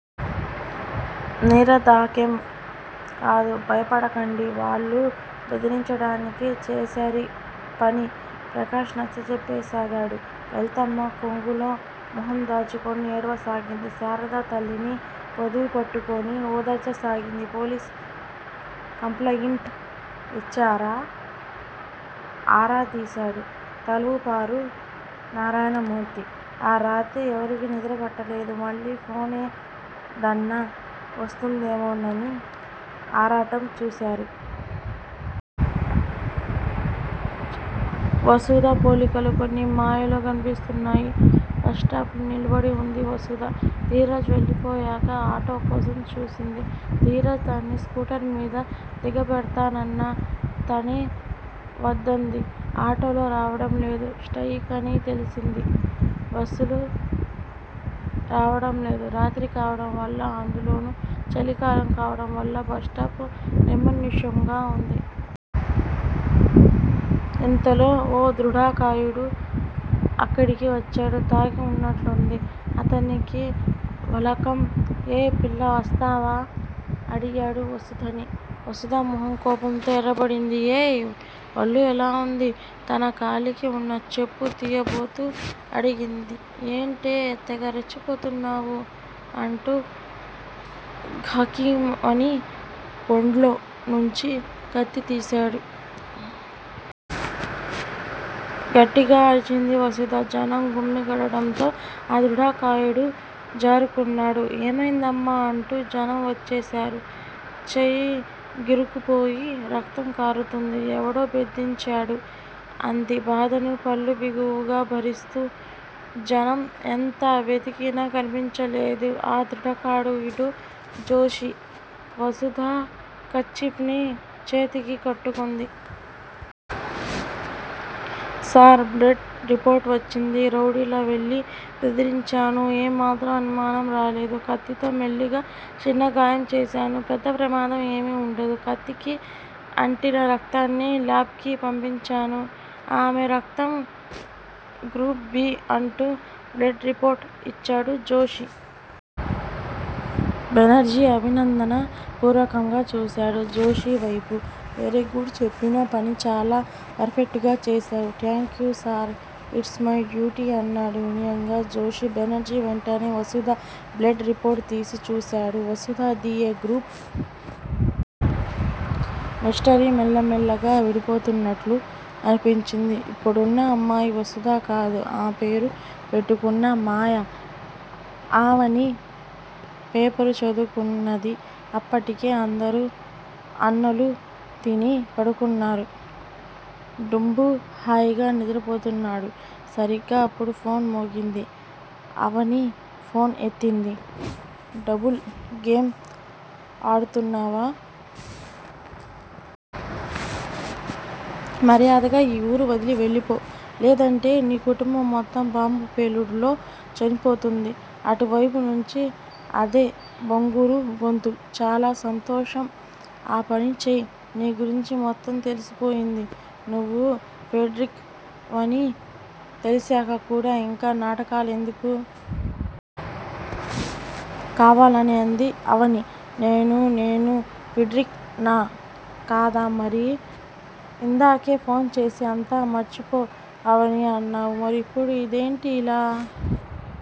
నీరదకేం కాదు భయపడకండి వాళ్లు బెదిరించడానికి చేశారీపని ప్రకాష్ నచ్చచెప్పసాగాడు. లలితమ్మ కొంగులో మొహం దాచుకుని ఏడవసాగింది. శారద తల్లిని పొదివిపట్టుకుని ఓదార్చసాగింది. పోలీస్ కంప్లయింట్ ఇచ్చారా ఆరా తీశాడు. తలవూపారు నారాయణమూర్తి. ఆ రాత్రి ఎవరికీ నిద్రపట్టలేదు. మళ్ళీ ఫోనేదన్నా వస్తుందేమోనని ఆరాటంగా చూశారు. వసుధ పోలికలు కొన్ని మాయలో కనిపిస్తున్నాయి. బస్ స్టాప్ లో నిలబడి వుంది వసుధ. ధీరజ్ వెళ్ళిపోయాక, ఆటో కోసం చూసింది. ధీరజ్ తనని స్కూటర్ మిద దిగబెడతానన్నా తనే వద్దంది. ఆటోలు రావడంలేదు. స్ట్రయికని తెలిసింది. బస్సులు రావడం లేదు. రాత్రి కావడం వల్ల, అందులోనూ చలికాలం కావడంవల్ల బస్టాప్ నిర్మానుష్యంగా వుంది. ఇంతలో ఓ దృఢకాయుడు అక్కడికి వచ్చాడు. తాగి వున్నట్టుంది అతని వాలకం. ఏయ్ పిల్లా వస్తావా? అడిగాడు వసుధని. వసుధ మొహం కోపంతో ఎర్రబడింది. ఏయ్ వళ్ళు ఎలా వుంది? తన కాలికి వున్న చెప్పు తియబోతూ అడిగింది. ఏంటే తెగ రెచ్చిపోతున్నావు? అంటూ ఠకీమని బొడ్లో నుంచి కత్తి తీసాడు. గట్టిగా అరిచింది వసుధ. జనం గుమిగూడడంతో ఆ దృఢకాయుడు జారుకున్నాడు. ఏమైందమ్మా అంటూ జనం వచ్చేసారు. చేయి గీరుకుపోయి రక్తం కారుతుంది. ఎవడో బెదిరించాడు అంది బాధను పళ్ళు బిగువున భరిస్తూ జనం ఎంత వెతికినా కనిపించలేదు. ఆ దృఢకాయుడు- జోషి. వసుధ, కర్చీఫ్ ని చేతికి కట్టుకుంది. సార్ బ్లడ్ రిపోర్ట్ వచ్చింది. రౌడీలా వెళ్ళి బెదిరించాను. ఏ మాత్రం అనుమానం రాలేదు. కత్తితో మెల్లిగా చిన్న గాయం చేసాను పెద్ద ప్రమాదం ఏమీ వుండదు. కత్తికి అంటిన రక్తాన్ని లాబ్ కు పంపించాను. ఆమె రక్తం గ్రూప్ 'బి'. అంటూ బ్లడ్ రిపోర్ట్ ఇచ్చాడు జోషి. బెనర్జీ అభినందన పూర్వకంగా చూసాడు జోషివైపు. వెరీ గుడ్ చెప్పిన పని చాలా పర్ ఫెక్ట్ గా చేసారు. Thank you sir it's my duty అన్నాడు వినయంగా జోషి. బెనర్జీ వెంటనే వసుధ బ్లడ్ రిపోర్ట్ తీసి చూసాడు. Vasudha the 'A' group. Mystery మెల్ల మెల్లగా విడిపోతున్నట్టు అనిపించింది. ఇప్పుడున్న అమ్మాయి వసుధ కాదు. ఆ పేరు పెట్టుకున్న మాయ. అవని పేపరు చదువుకుంటున్నది. అప్పటికే అందరూ అన్నాలు తిని పడుకున్నారు, డుంబు హాయిగా నిద్రపోతున్నాడు. సరిగ్గా అప్పుడు ఫోన్ మోగింది. అవని ఫోన్ ఎత్తింది. డబుల్ గేమ్ ఆడుతున్నావా? మర్యాదగా ఈ ఊరు వదిలి వెళ్ళిపో లేదంటే నీ కుటుంబం మొత్తం బాంబు పేలుడులో చనిపోతుంది అటువైపు నుంచి అదే బొంగురు గొంతు. చాలా సంతోషం ఆ పని చెయ్ నీ గురించి మొత్తం తెలిసిపోయింది. నువ్వు ఫెడ్రిక్ వని తెలిసాక కూడా ఇంకా నాటకాలెందుకు? కావాలనే అంది అవని. నేను నేను ఫిడ్రిక్ నా? కాదా మరి ఇందాకే ఫోన్ చేసి అంతా మరిచిపో అవనీ అన్నావు మరిప్పుడు ఇదేంటి? ఇలా